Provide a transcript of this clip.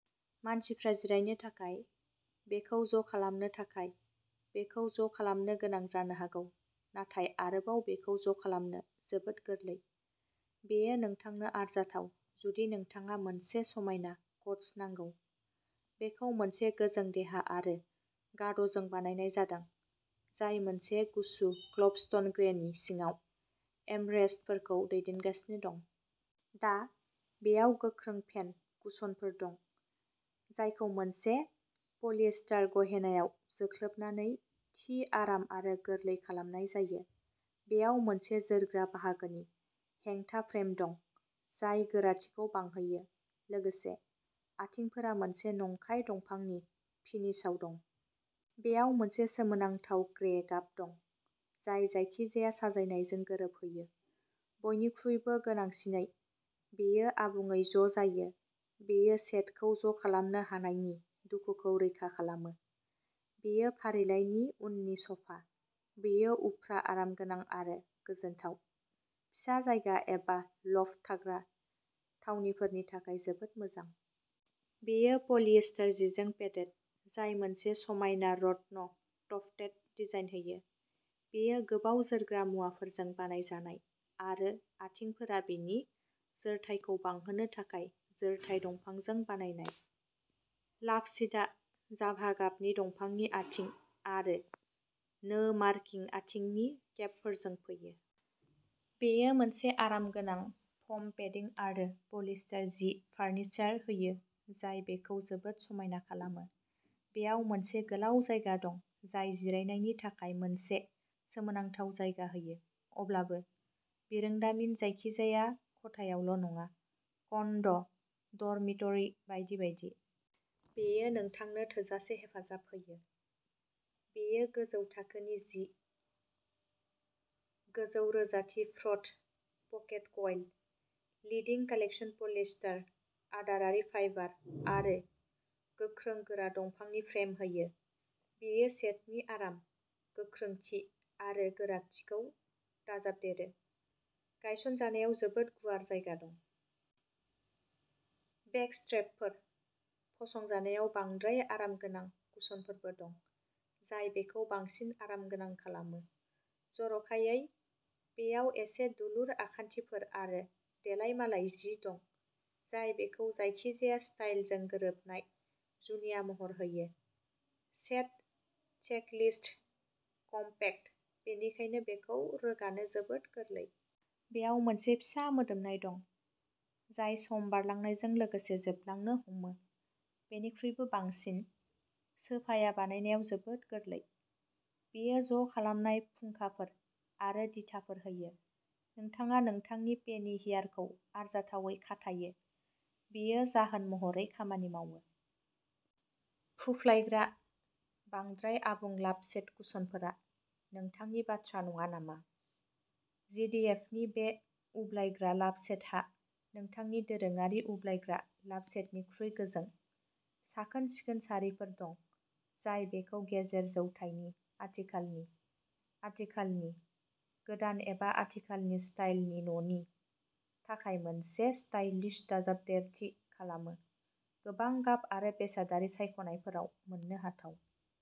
मानसिफ्रा जिरायनो थाखाय। बेखौ ज'खालामनो थाखाय, बेखौ ज'खालामनो गोनां जानो हागौ, नाथाय आरोबाव बेखौ ज'खालामनो जोबोद गोरलै। बेयो नोंथांनो आरजाथाव जुदि नोंथाङा मोनसे समायना कच नांगौ। बेखौ मोनसे गोजों देहा आरो गाद'जों बानायनाय जादों, जाय मोनसे गुसु क'ब्लस्टोन ग्रेनि सिङाव एमरेस्टफोरखौ दैदेनगासिनो दं। दा, बेयाव गोख्रों फेन कुशनफोर दं, जायखौ मोनसे पलिएस्टार गहेनाआव जोख्लोबनानै थि आराम आरो गोरलै खालामनाय जायो। बेयाव मोनसे जोरग्रा बाहागोनि हेंथा फ्रेम दं, जाय गोराथिखौ बांहोयो। लोगोसे, आथिंफोरा मोनसे नंखाय दंफांनि फिनिशआव दं। बेयाव मोनसे सोमोनांथाव ग्रे गाब दं, जाय जायखिजाया साजायनायजों गोरोबहोयो। बयनिख्रुइबो गोनांसिनै, बेयो आबुङै ज'जायो। बेयो सेटखौ ज'खालामनो हानायनि दुखुखौ रैखा खालामो। बेयो फारिलाइनि उननि स'फा। बेयो उफ्रा आरामगोनां आरो गोजोनथाव। फिसा जायगा एबा लफ्ट थाग्रा थावनिफोरनि थाखाय जोबोद मोजां। बेयो पलिएस्टार जिजों पेडेड, जाय मोनसे समायना रत्न-टफ्टेड डिजाइन होयो। बेयो गोबाव जोरग्रा मुवाफोरजों बानायजानाय आरो आथिंफोरा बिनि जोरथाइखौ बांहोनो थाखाय जोरथाय दंफांजों बानायनाय। लाभसीटआ जाभा गाबनि दंफांनि आथिं आरो नो मार्किं आथिंनि केपफोरजों फैयो। बेयो मोनसे आरामगोनां फोम पेडिं आरो पलिएस्टार जि फार्निचार होयो जाय बेखौ जोबोद समायना खालामो। बेयाव मोनसे गोलाव जायगा दं जाय जिरायनायनि थाखाय मोनसे सोमोनांथाव जायगा होयो। अब्लाबो, बिरोंदामिन जायखिजाया खथायावल' नङा कन्ड', ड'रमिटरि बायदि बायदि। बेयो नोंथांनो थोजासे हेफाजाब होयो। बेयो गोजौ थाखोनि जि, गोजौ रोजाथि फ्र'थ pocket coil, leading collection polyester आदारारि फाइबार आरो गोख्रों गोरा दंफांनि फ्रेम होयो। बेयो सेटनि आराम, गोख्रोंथि आरो गोराथिखौ दाजाबदेरो। गायसनजानायाव जोबोद गुवार जायगा दं। बेक स्ट्रेपफोर। फसंजानायाव बांद्राय आरामगोनां कुशनफोरबो दं, जाय बेखौ बांसिन आरामगोनां खालामो। जर'खायै, बेयाव एसे दुलुर आखान्थिफोर आरो देलायमालाय जि दं, जाय बेखौ जायखिजाया स्टाइलजों गोरोबनाय जुनिया महर होयो। सेट चेकलिस्ट कम्पैक्ट, बेनिखायनो बेखौ रोगानो जोबोद गोरलै। बेयाव मोनसे फिसा मोदोमनाय दं, जाय सम बारलांनायजों लोगोसे जोबलांनो हमो। बेनिख्रुइबो बांसिन, सोफाया बानायनायाव जोबोद गोरलै। बेयो ज'खालामनाय फुंखाफोर आरो दिथाफोर होयो। नोंथाङा नोंथांनि पेनि हियारखौ आरजाथावै खाथायो। बेयो जाहोन महरै खामानि मावो। फुफ्लायग्रा, बांद्राय आबुं लाभसेट कुशनफोरा नोंथांनि बाथ्रा नङा नामा जि दि एफ नि बे उब्लायग्रा लाभसेटहा नोंथांनि दोरोङारि उब्लायग्रा लाभसेटनिख्रुइ गोजों, साखोन-सिखोन सारिफोर दं, जाय बेखौ गेजेर जौथाइनि आथिखालनि, आथिखालनि, गोदान एबा आथिखालनि स्टाइलनि न'नि थाखाय मोनसे स्टाइलिश दाजाबदेरथि खालामो। गोबां गाब आरो बेसादारि सायख'नायफोराव मोननो हाथाव।